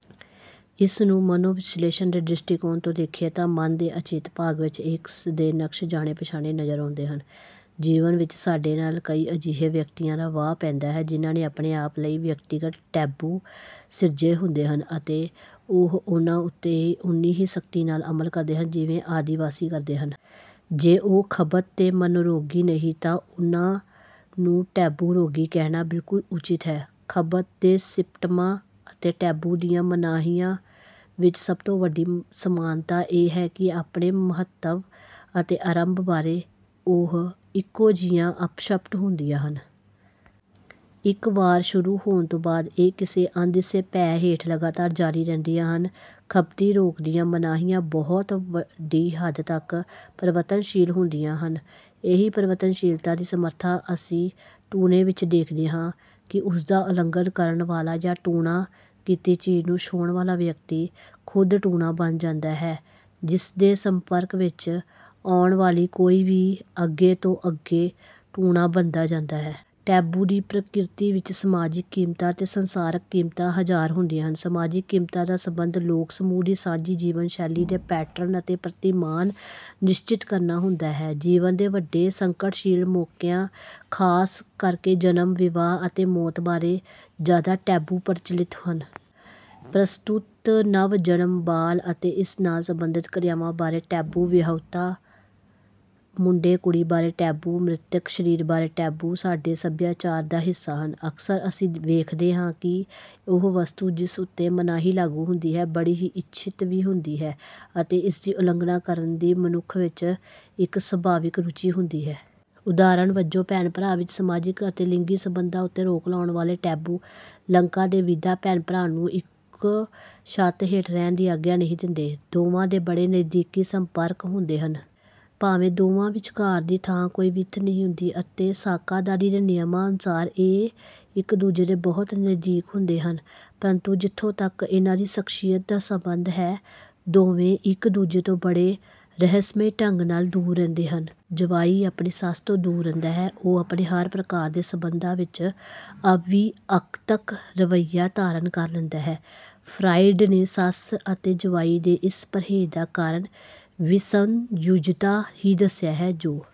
ਇਸ ਨੂੰ ਮਨੋਵਿਸ਼ਲੇਸ਼ਣ ਦੇ ਦ੍ਰਿਸ਼ਟੀਕੋਣ ਤੋਂ ਦੇਖੀਏ ਤਾਂ ਮਨ ਦੇ ਅਚੇਤ ਭਾਗ ਵਿੱਚ ਇਸ ਦੇ ਨਕਸ਼ ਜਾਣੇ-ਪਛਾਣੇ ਨਜ਼ਰ ਆਉਂਦੇ ਹਨ। ਜੀਵਨ ਵਿੱਚ ਸਾਡੇ ਨਾਲ ਕਈ ਅਜਿਹੇ ਵਿਅਕਤੀਆਂ ਦਾ ਵਾਹ ਪੈਂਦਾ ਹੈ, ਜਿਨ੍ਹਾਂ ਨੇ ਆਪਣੇ ਆਪ ਲਈ ਵਿਅਕਤੀਗਤ ਟੈਬੂ ਸਿਰਜੇ ਹੁੰਦੇ ਹਨ ਅਤੇ ਉਹ ਉਨ੍ਹਾਂ ਉੱਤੇ ਓਨੀ ਹੀ ਸਖ਼ਤੀ ਨਾਲ ਅਮਲ ਕਰਦੇ ਹਨ, ਜਿਵੇਂ ਆਦਿ ਵਾਸੀ ਕਰਦੇ ਹਨ। ਜੇ ਉਹ ਖਬਤ ਦੇ ਮਨੋਰੋਗੀ ਨਹੀਂ ਤਾਂ ਉਨ੍ਹਾਂ ਨੂੰ 'ਟੈਬੂ ਰੋਗੀ' ਕਹਿਣਾ ਬਿਲਕੁਲ ਉਚਿਤ ਹੈ। ਖਬਤ ਦੇ ਸਿੰਪਟਮਾਂ ਅਤੇ ਟੈਬੂ ਦੀਆਂ ਮਨਾਹੀਆਂ ਵਿੱਚ ਸਭ ਤੋਂ ਵੱਡੀ ਸਮਾਨਤਾ ਇਹ ਹੈ ਕਿ ਆਪਣੇ ਮੰਤਵ ਅਤੇ ਆਰੰਭ ਬਾਰੇ ਉਹ ਇੱਕੋ ਜਿਹੀਆਂ ਅਸਪੱਸ਼ਟ ਹੁੰਦੀਆਂ ਹਨ। ਇੱਕ ਵਾਰ ਸ਼ੁਰੂ ਹੋਣ ਬਾਅਦ ਇਹ ਕਿਸੇ ਅਣਦਿਸੇ ਭੈਅ ਹੇਠ ਲਗਾਤਾਰ ਜਾਰੀ ਰਹਿੰਦੀਆਂ ਹਨ। ਖਬਤੀ ਰੋਗ ਦੀਆਂ ਮਨਾਹੀਆਂ ਬਹੁਤ ਵੱਡੀ ਹੱਦ ਤੱਕ ਪਰਿਵਰਤਨਸ਼ੀਲ ਹੁੰਦੀਆਂ ਹਨ। ਇਹੀ ਪਰਿਵਰਤਨਸ਼ੀਲਤਾ ਦੀ ਸਮਰੱਥਾ ਅਸੀਂ ਟੂਣੇ ਵਿੱਚ ਦੇਖਦੇ ਹਾਂ ਕਿ ਉਸ ਦਾ ਉਲੰਘਣ ਕਰਨ ਵਾਲਾ ਜਾਂ ਟੂਣਾ ਕੀਤੀ ਚੀਜ਼ ਨੂੰ ਛੂਹਣ ਵਾਲਾ ਵਿਅਕਤੀ ਖ਼ੁਦ ਟੂਣਾ ਬਣ ਜਾਂਦਾ ਹੈ ਜਿਸ ਦੇ ਸੰਪਰਕ ਵਿੱਚ ਆਉਣ ਵਾਲੀ ਕੋਈ ਵੀ ਅੱਗੇ ਤੋਂ ਅੱਗੇ ਟੂਣਾ ਬਣਦਾ ਜਾਂਦਾ ਹੈ। ਟੈਬੂ ਦੀ ਪ੍ਰਕਿਰਤੀ ਵਿੱਚ ਸਮਾਜਿਕ ਕੀਮਤਾਂ ਅਤੇ ਸੰਸਕਾਰਕ ਕੀਮਤਾਂ ਹਾਜ਼ਰ ਹੁੰਦੀਆਂ ਹਨ। ਸਮਾਜਿਕ ਕੀਮਤਾਂ ਦਾ ਸੰਬੰਧ ਲੋਕ ਸਮੂਹ ਦੀ ਸਾਂਝੀ ਜੀਵਨ ਸ਼ੈਲੀ ਦੇ ਪੈਟਰਨ ਅਤੇ ਪ੍ਰਤਿਮਾਨ ਨਿਸ਼ਚਿਤ ਕਰਨਾ ਹੁੰਦਾ ਹੈ। ਜੀਵਨ ਦੇ ਵੱਡੇ ਸੰਕਟਸ਼ੀਲ ਮੌਕਿਆਂ ਖਾਸ ਕਰਕੇ ਜਨਮ, ਵਿਆਹ ਅਤੇ ਮੌਤ ਬਾਰੇ ਜ਼ਿਆਦਾ ਟੈਬੂ ਪ੍ਰਚਲਿਤ ਹਨ। ਪ੍ਰਸਤੂਤ, ਨਵ-ਜਨਮ ਬਾਲ ਅਤੇ ਇਸ ਨਾਲ ਸੰਬੰਧਿਤ ਕਿਰਿਆਵਾਂ ਬਾਰੇ ਟੈਬੂ, ਵਿਆਹੁਤਾ ਮੁੰਡੇ-ਕੁੜੀ ਬਾਰੇ ਟੈਬੂ, ਮ੍ਰਿਤਕ ਸਰੀਰ ਬਾਰੇ ਟੈਬੂ ਸਾਡੇ ਸੱਭਿਆਚਾਰ ਦਾ ਹਿੱਸਾ ਹਨ। ਅਕਸਰ ਅਸੀਂ ਵੇਖਦੇ ਹਾਂ ਕਿ ਉਹ ਵਸਤੂ ਜਿਸ ਉੱਤੇ ਮਨਾਹੀ ਲਾਗੂ ਹੁੰਦੀ ਹੈ, ਬੜੀ ਹੀ ਇੱਛਤ ਵੀ ਹੁੰਦੀ ਹੈ ਅਤੇ ਇਸ ਦੀ ਉਲੰਘਣਾ ਕਰਨ ਦੀ ਮਨੁੱਖ ਵਿੱਚ ਇੱਕ ਸੁਭਾਵਿਕ ਰੁਚੀ ਹੁੰਦੀ ਹੈ। ਉਦਾਹਰਨ ਵਜੋਂ ਭੈਣ-ਭਰਾ ਵਿੱਚ ਸਮਾਜਿਕ ਅਤੇ ਲਿੰਗੀ ਸੰਬੰਧਾਂ ਉੱਤੇ ਰੋਕ ਲਾਉਣ ਵਾਲੇ ਟੈਬੂ। ਲੰਕਾ ਦੇ ਵੀਧਾ ਭੈਣ-ਭਰਾ ਨੂੰ ਇੱਕੋ ਛੱਤ ਹੇਠ ਰਹਿਣ ਦੀ ਆਗਿਆ ਨਹੀਂ ਦਿੰਦੇ। ਦੋਵਾਂ ਦੇ ਬੜੇ ਨਜ਼ਦੀਕੀ ਸੰਪਰਕ ਹੁੰਦੇ ਹਨ। ਭਾਵੇਂ ਦੋਵਾਂ ਵਿਚਕਾਰ ਥਾਂ ਦੀ ਕੋਈ ਵਿੱਥ ਨਹੀਂ ਹੁੰਦੀ ਅਤੇ ਸਾਕਾਦਾਰੀ ਦੇ ਨਿਯਮਾਂ ਅਨੁਸਾਰ ਇਹ ਇੱਕ ਦੂਜੇ ਦੇ ਬਹੁਤ ਨਜ਼ਦੀਕ ਹੁੰਦੇ ਹਨ। ਪਰੰਤੂ ਜਿੱਥੋਂ ਤੱਕ ਇਨ੍ਹਾਂ ਦੀ ਸ਼ਖ਼ਸੀਅਤ ਦਾ ਸੰਬੰਧ ਹੈ, ਦੋਵੇਂ ਇੱਕ ਦੂਜੇ ਤੋਂ ਬੜੇ ਰਹੱਸਮਈ ਢੰਗ ਨਾਲ ਦੂਰ ਰਹਿੰਦੇ ਹਨ। ਜਵਾਈ ਆਪਣੀ ਸੱਸ ਤੋਂ ਦੂਰ ਰਹਿੰਦਾ ਹੈ, ਉਹ ਆਪਣੇ ਹਰ ਪ੍ਰਕਾਰ ਦੇ ਸੰਬੰਧਾਂ ਵਿੱਚ ਅਵਿਅਕਤਕ ਰਵੱਈਆ ਧਾਰਨ ਕਰ ਲੈਂਦਾ ਹੈ। ਫਰਾਇਡ ਨੇ ਸੱਸ ਅਤੇ ਜਵਾਈ ਦੇ ਇਸ ਪਰਹੇਜ਼ ਦਾ ਕਾਰਨ ਵਿਸੰਯੁਜਤਾ ਹੀ ਦੱਸਿਆ ਹੈ, ਜੋ